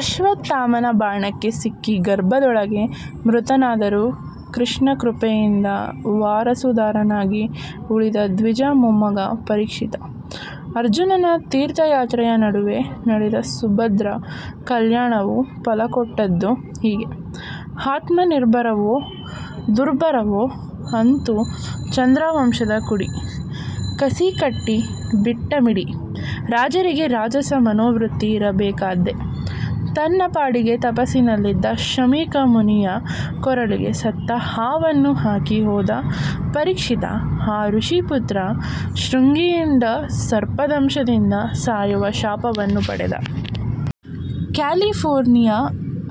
ಅಶ್ವತ್ಥಾಮನ ಬಾಣಕ್ಕೆ ಸಿಕ್ಕಿ ಗರ್ಭದೊಳಗೇ ಮೃತನಾದರೂ ಕೃಷ್ಣಕೃಪೆಯಿಂದ ವಾರಸುದಾರನಾಗಿ ಉಳಿದ ದ್ವಿಜ ಮೊಮ್ಮಗ ಪರೀಕ್ಷಿತ. ಅರ್ಜುನನ ತೀರ್ಥಯಾತ್ರೆಯ ನಡುವೆ ನಡೆದ ಸುಭದ್ರಾ ಕಲ್ಯಾಣವು ಫಲಕೊಟ್ಟದ್ದು ಹೀಗೆ. ಆತ್ಮನಿರ್ಭರವೋ ದುರ್ಭರವೋ ಅಂತೂ ಚಂದ್ರವಂಶದ ಕುಡಿ. ಕಸಿಕಟ್ಟಿ ಬಿಟ್ಟ ಮಿಡಿ. ರಾಜರಿಗೆ ರಾಜಸ ಮನೋವೃತ್ತಿ ಇರಬೇಕಾದ್ದೇ. ತನ್ನ ಪಾಡಿಗೆ ತಪಸ್ಸಿನಲ್ಲಿದ್ದ ಶಮೀಕ ಮುನಿಯ ಕೊರಳಿಗೆ ಸತ್ತ ಹಾವನ್ನು ಹಾಕಿ ಹೋದ ಪರೀಕ್ಷಿತ ಆ ಋಷಿಪುತ್ರ ಶೃಂಗಿಯಿಂದ ಸರ್ಪದಂಶದಿಂದ ಸಾಯುವ ಶಾಪವನ್ನು ಪಡೆದ. ಕ್ಯಾಲಿಫೋರ್ನಿಯಾ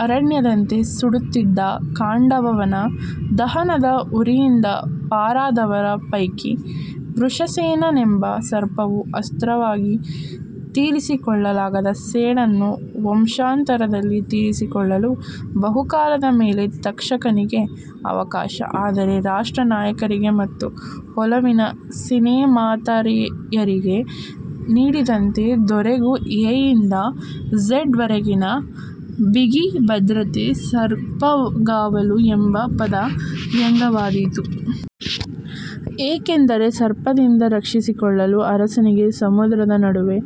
ಅರಣ್ಯದಂತೆ ಸುಡುತ್ತಿದ್ದ ಖಾಂಡವವನ ದಹನದ ಉರಿಯಿಂದ ಪಾರಾದವರ ಪೈಕಿ ವೃಷಸೇನನೆಂಬ ಸರ್ಪವು ಅಸ್ತ್ರವಾಗಿ ತೀರಿಸಿಕೊಳ್ಳಲಾಗದ ಸೇಡನ್ನು ವಂಶಾಂತರದಲ್ಲಿ ತೀರಿಸಿಕೊಳ್ಳಲು ಬಹುಕಾಲದ ಮೇಲೆ ತಕ್ಷಕನಿಗೆ ಅವಕಾಶ. ಆದರೆ ರಾಷ್ಟ್ರನಾಯಕರಿಗೆ ಮತ್ತು ಒಲವಿನ ಸಿನೆಮಾತಾರೆಯರಿಗೆ ನೀಡಿದಂತೆ ದೊರೆಗೂ ಎಯಿಂದ ಝೆಡ್ ವರೆಗಿನ ಬಿಗಿಭದ್ರತೆ. ಸರ್ಪಗಾವಲು ಎಂಬ ಪದ ವ್ಯಂಗ್ಯವಾದೀತು. ಏಕೆಂದರೆ ಸರ್ಪದಿಂದ ರಕ್ಷಿಸಿಕೊಳ್ಳಲು ಅರಸನಿಗೆ ಸಮುದ್ರದ ನಡುವೆ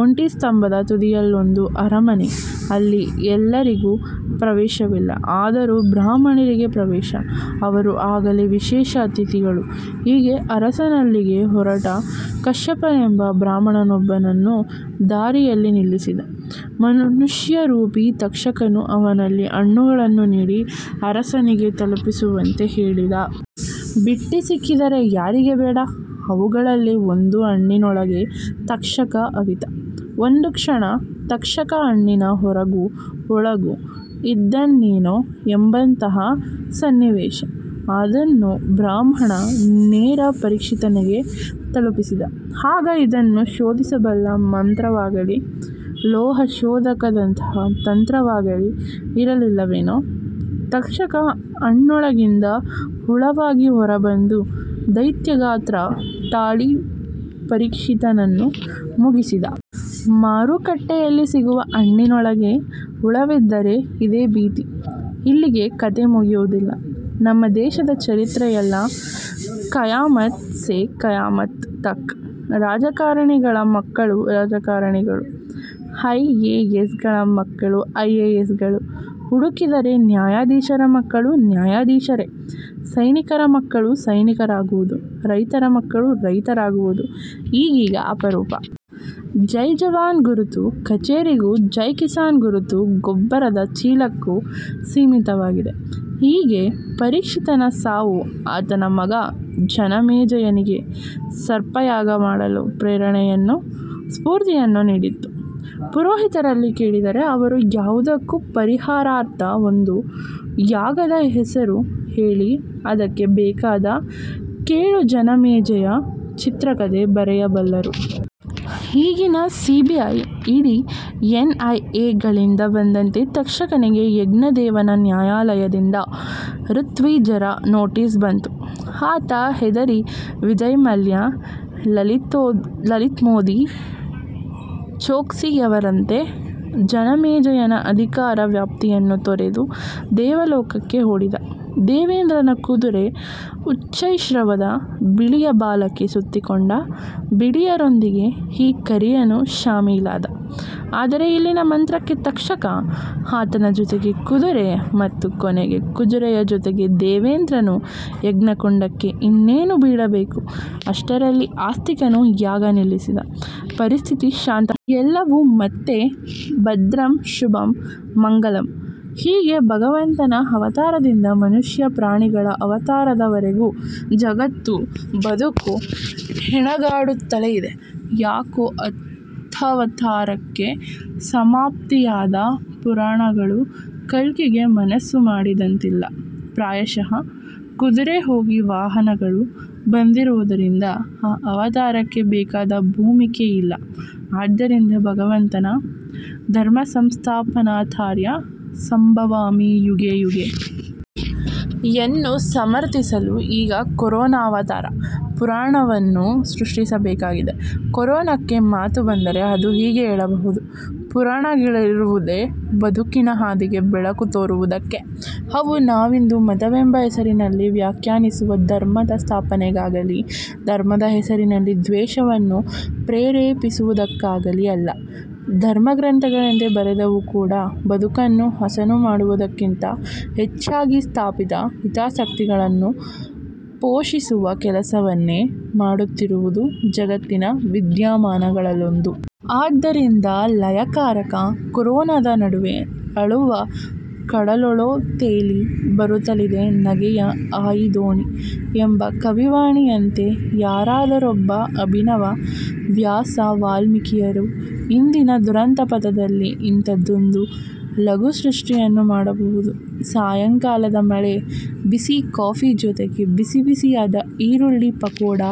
ಒಂಟಿಸ್ತಂಭದ ತುದಿಯಲ್ಲೊಂದು ಅರಮನೆ. ಅಲ್ಲಿ ಎಲ್ಲರಿಗೂ ಪ್ರವೇಶವಿಲ್ಲ. ಆದರೂ ಬ್ರಾಹ್ಮಣರಿಗೆ ಪ್ರವೇಶ. ಅವರು ಆಗಲೇ ವಿಶೇಷ ಅತಿಥಿಗಳು. ಹೀಗೆ ಅರಸನಲ್ಲಿಗೆ ಹೊರಟ ಕಶ್ಯಪನೆಂಬ ಬ್ರಾಹ್ಮಣನೊಬ್ಬನನ್ನು ದಾರಿಯಲ್ಲಿ ನಿಲ್ಲಿಸಿದ ಮನುಷ್ಯರೂಪಿ ತಕ್ಷಕನು ಅವನಲ್ಲಿ ಹಣ್ಣುಗಳನ್ನು ನೀಡಿ ಅರಸನಿಗೆ ತಲುಪಿಸುವಂತೆ ಹೇಳಿದ. ಬಿಟ್ಟಿ ಸಿಕ್ಕಿದರೆ ಯಾರಿಗೆ ಬೇಡ? ಅವುಗಳಲ್ಲಿ ಒಂದು ಹಣ್ಣಿನೊಳಗೆ ತಕ್ಷಕ ಅವಿತ. ಒಂದು ಕ್ಷಣ ತಕ್ಷಕ ಹಣ್ಣಿನ ಹೊರಗೂ-ಒಳಗೂ ಇದ್ದನೇನೋ ಎಂಬಂತಹ ಸನ್ನಿವೇಶ. ಅದನ್ನು ಬ್ರಾಹ್ಮಣ ನೇರ ಪರೀಕ್ಷಿತನಿಗೆ ತಲುಪಿಸಿದ. ಆಗ ಇದನ್ನು ಶೋಧಿಸಬಲ್ಲ ಮಂತ್ರವಾಗಲೀ, ಲೋಹಶೋಧಕದಂತಹ ತಂತ್ರವಾಗಲೀ ಇರಲಿಲ್ಲವೇನೋ? ತಕ್ಷಕ ಹಣ್ಣೊಳಗಿಂದ ಹುಳವಾಗಿ ಹೊರಬಂದು ದೈತ್ಯಗಾತ್ರ ತಾಳಿ ಪರೀಕ್ಷಿತನನ್ನು ಮುಗಿಸಿದ. ಮಾರುಕಟ್ಟೆಯಲ್ಲಿ ಸಿಗುವ ಹಣ್ಣಿನೊಳಗೆ ಹುಳವಿದ್ದರೆ ಇದೇ ಭೀತಿ. ಇಲ್ಲಿಗೇ ಕತೆ ಮುಗಿಯುವುದಿಲ್ಲ. ನಮ್ಮ ದೇಶದ ಚರಿತ್ರೆಯೆಲ್ಲ 'ಕಯಾಮತ್ ಸೇ ಕಯಾಮತ್ ತಕ್'. ರಾಜಕಾರಣಿಗಳ ಮಕ್ಕಳು ರಾಜಕಾರಣಿಗಳು, ಐ ಎ ಎಸ್ ಗಳ ಮಕ್ಕಳು ಐ ಎ ಎಸ್ ಗಳು, ಹುಡುಕಿದರೆ ನ್ಯಾಯಾಧೀಶರ ಮಕ್ಕಳೂ ನ್ಯಾಯಾಧೀಶರೇ. ಸೈನಿಕರ ಮಕ್ಕಳು ಸೈನಿಕರಾಗುವುದು, ರೈತರ ಮಕ್ಕಳು ರೈತರಾಗುವುದು ಈಗೀಗ ಅಪರೂಪ. ಜೈಜವಾನ್ ಗುರುತು ಕಚೇರಿಗೂ ಜೈಕಿಸಾನ್ ಗುರುತು ಗೊಬ್ಬರದ ಚೀಲಕ್ಕೂ ಸೀಮಿತವಾಗಿದೆ. ಹೀಗೆ ಪರೀಕ್ಷಿತನ ಸಾವು ಆತನ ಮಗ ಜನಮೇಜಯನಿಗೆ ಸರ್ಪಯಾಗ ಮಾಡಲು ಪ್ರೇರಣೆಯನ್ನೋ ಸ್ಫೂರ್ತಿಯನ್ನೋ ನೀಡಿತು. ಪುರೋಹಿತರಲ್ಲಿ ಕೇಳಿದರೆ ಅವರು ಯಾವುದಕ್ಕೂ ಪರಿಹಾರಾರ್ಥ ಒಂದು ಯಾಗದ ಹೆಸರು ಹೇಳಿ ಅದಕ್ಕೆ ಬೇಕಾದ 'ಕೇಳು ಜನಮೇಜಯ' ಚಿತ್ರಕತೆ ಬರೆಯಬಲ್ಲರು. ಈಗಿನ ಸಿಬಿಐ, ಈಡಿ, ಎನ್ಐಎಗಳಿಂದ ಬಂದಂತೆ ತಕ್ಷಕನಿಗೆ ಯಜ್ಞದೇವನ ನ್ಯಾಯಾಲಯದಿಂದ ಋತ್ವಿಜರ ನೋಟಿಸ್ ಬಂತು. ಆತ ಹೆದರಿ ವಿಜಯಮಲ್ಯ, ಲಲಿತ್ಮೋದಿ, ಚೋಕ್ಸಿಯವರಂತೆ ಜನಮೇಜಯನ ಅಧಿಕಾರ ವ್ಯಾಪ್ತಿಯನ್ನು ತೊರೆದು ದೇವಲೋಕಕ್ಕೆ ಓಡಿದ. ದೇವೇಂದ್ರನ ಕುದುರೆ ಉಚ್ಚೈಶ್ರವದ ಬಿಳಿಯ ಬಾಲಕ್ಕೆ ಸುತ್ತಿಕೊಂಡ. ಬಿಳಿಯರೊಂದಿಗೆ ಈ ಕರಿಯನೂ ಶಾಮೀಲಾದ. ಆದರೆ ಇಲ್ಲಿನ ಮಂತ್ರಕ್ಕೆ ತಕ್ಷಕ, ಆತನ ಜೊತೆಗೆ ಕುದುರೆ ಮತ್ತು ಕೊನೆಗೆ ಕುದುರೆಯ ಜೊತೆಗೆ ದೇವೇಂದ್ರನೂ ಯಜ್ಞಕುಂಡಕ್ಕೆ ಇನ್ನೇನು ಬೀಳಬೇಕು ಅಷ್ಟರಲ್ಲಿ ಆಸ್ತಿಕನು ಯಾಗ ನಿಲ್ಲಿಸಿದ; ಪರಿಸ್ಥಿತಿ ಶಾಂತವಾಯಿತು. ಎಲ್ಲವೂ ಮತ್ತೆ ಭದ್ರಂ ಶುಭಂ ಮಂಗಲಂ! ಹೀಗೆ ಭಗವಂತನ ಅವತಾರದಿಂದ ಮನುಷ್ಯ-ಪ್ರಾಣಿಗಳ ಅವತಾರದ ವರೆಗೂ ಜಗತ್ತೂ ಬದುಕೂ ಹೆಣಗಾಡುತ್ತಲೇ ಇದೆ. ಯಾಕೋ ಹತ್ತವತಾರಕ್ಕೆ ಸಮಾಪ್ತಿಯಾದ ಪುರಾಣಗಳು ಕಲ್ಕಿಗೆ ಮನಸ್ಸು ಮಾಡಿದಂತಿಲ್ಲ. ಪ್ರಾಯಶಃ ಕುದುರೆ ಹೋಗಿ ವಾಹನಗಳು ಬಂದಿರುವುದರಿಂದ ಆ ಅವತಾರಕ್ಕೆ ಬೇಕಾದ ಭೂಮಿಕೆಯಿಲ್ಲ. ಆದ್ದರಿಂದ ಭಗವಂತನ ''ಧರ್ಮಸಂಸ್ಥಾಪನಾರ್ಥಾಯ ಸಂಭವಾಮಿ ಯುಗೇಯುಗೇ! ''ಯನ್ನು ಸಮರ್ಥಿಸಲು ಈಗ ಕೊರೋನಾವತಾರ ಪುರಾಣವನ್ನು ಸೃಷ್ಟಿಸಬೇಕಾಗಿದೆ. ಕೊರೋನಕ್ಕೆ ಮಾತು ಬಂದರೆ ಅದು ಹೀಗೆ ಹೇಳಬಹುದು: ಪುರಾಣಗಳಿರುವುದೇ ಬದುಕಿನ ಹಾದಿಗೆ ಬೆಳಕು ತೋರುವುದಕ್ಕೆ. ಅವು ನಾವಿಂದು ಮತವೆಂಬ ಹೆಸರಿನಲ್ಲಿ ವ್ಯಾಖ್ಯಾನಿಸುವ ಧರ್ಮದ ಸ್ಥಾಪನೆಗಾಗಲೀ, ಧರ್ಮದ ಹೆಸರಿನಲ್ಲಿ ದ್ವೇಷವನ್ನು ಪ್ರೇರೇಪಿಸವುದಕ್ಕಾಗಲೀ ಅಲ್ಲ. ಧರ್ಮಗ್ರಂಥಗಳೆಂದೇ ಬರೆದವೂ ಕೂಡ ಬದುಕನ್ನು ಹಸನು ಮಾಡುವುದಕ್ಕಿಂತ ಹೆಚ್ಚಾಗಿ ಸ್ಥಾಪಿತ ಹಿತಾಸಕ್ತಿಗಳನ್ನು ಪೋಷಿಸುವ ಕೆಲಸವನ್ನೇ ಮಾಡುತ್ತಿರುವುದು ಜಗತ್ತಿನ ವಿದ್ಯಮಾನಗಳಲ್ಲೊಂದು. ಆದ್ದರಿಂದ ಲಯಕಾರಕ ಕೊರೋನದ ನಡುವೆ ''ಅಳುವ ಕಡಲೊಳೂ ತೇಲಿ ಬರುತಲಿದೆ ನಗೆಯ ಹಾಯಿದೋಣಿ'' ಎಂಬ ಕವಿವಾಣಿಯಂತೆ ಯಾರಾದರೊಬ್ಬ ಅಭಿನವ ವ್ಯಾಸ-ವಾಲ್ಮೀಕಿಯರು ಇಂದಿನ ದುರಂತ ಪಥದಲ್ಲಿ ಇಂಥದ್ದೊಂದು ಲಘುಸೃಷ್ಟಿಯನ್ನು ಮಾಡಬಹುದು. ಸಾಯಂಕಾಲದ ಮಳೆ, ಬಿಸಿ ಕಾಫಿ ಜೊತೆಗೆ ಬಿಸಿಬಿಸಿಯಾದ ಈರುಳ್ಳಿ ಪಕೋಡಾ.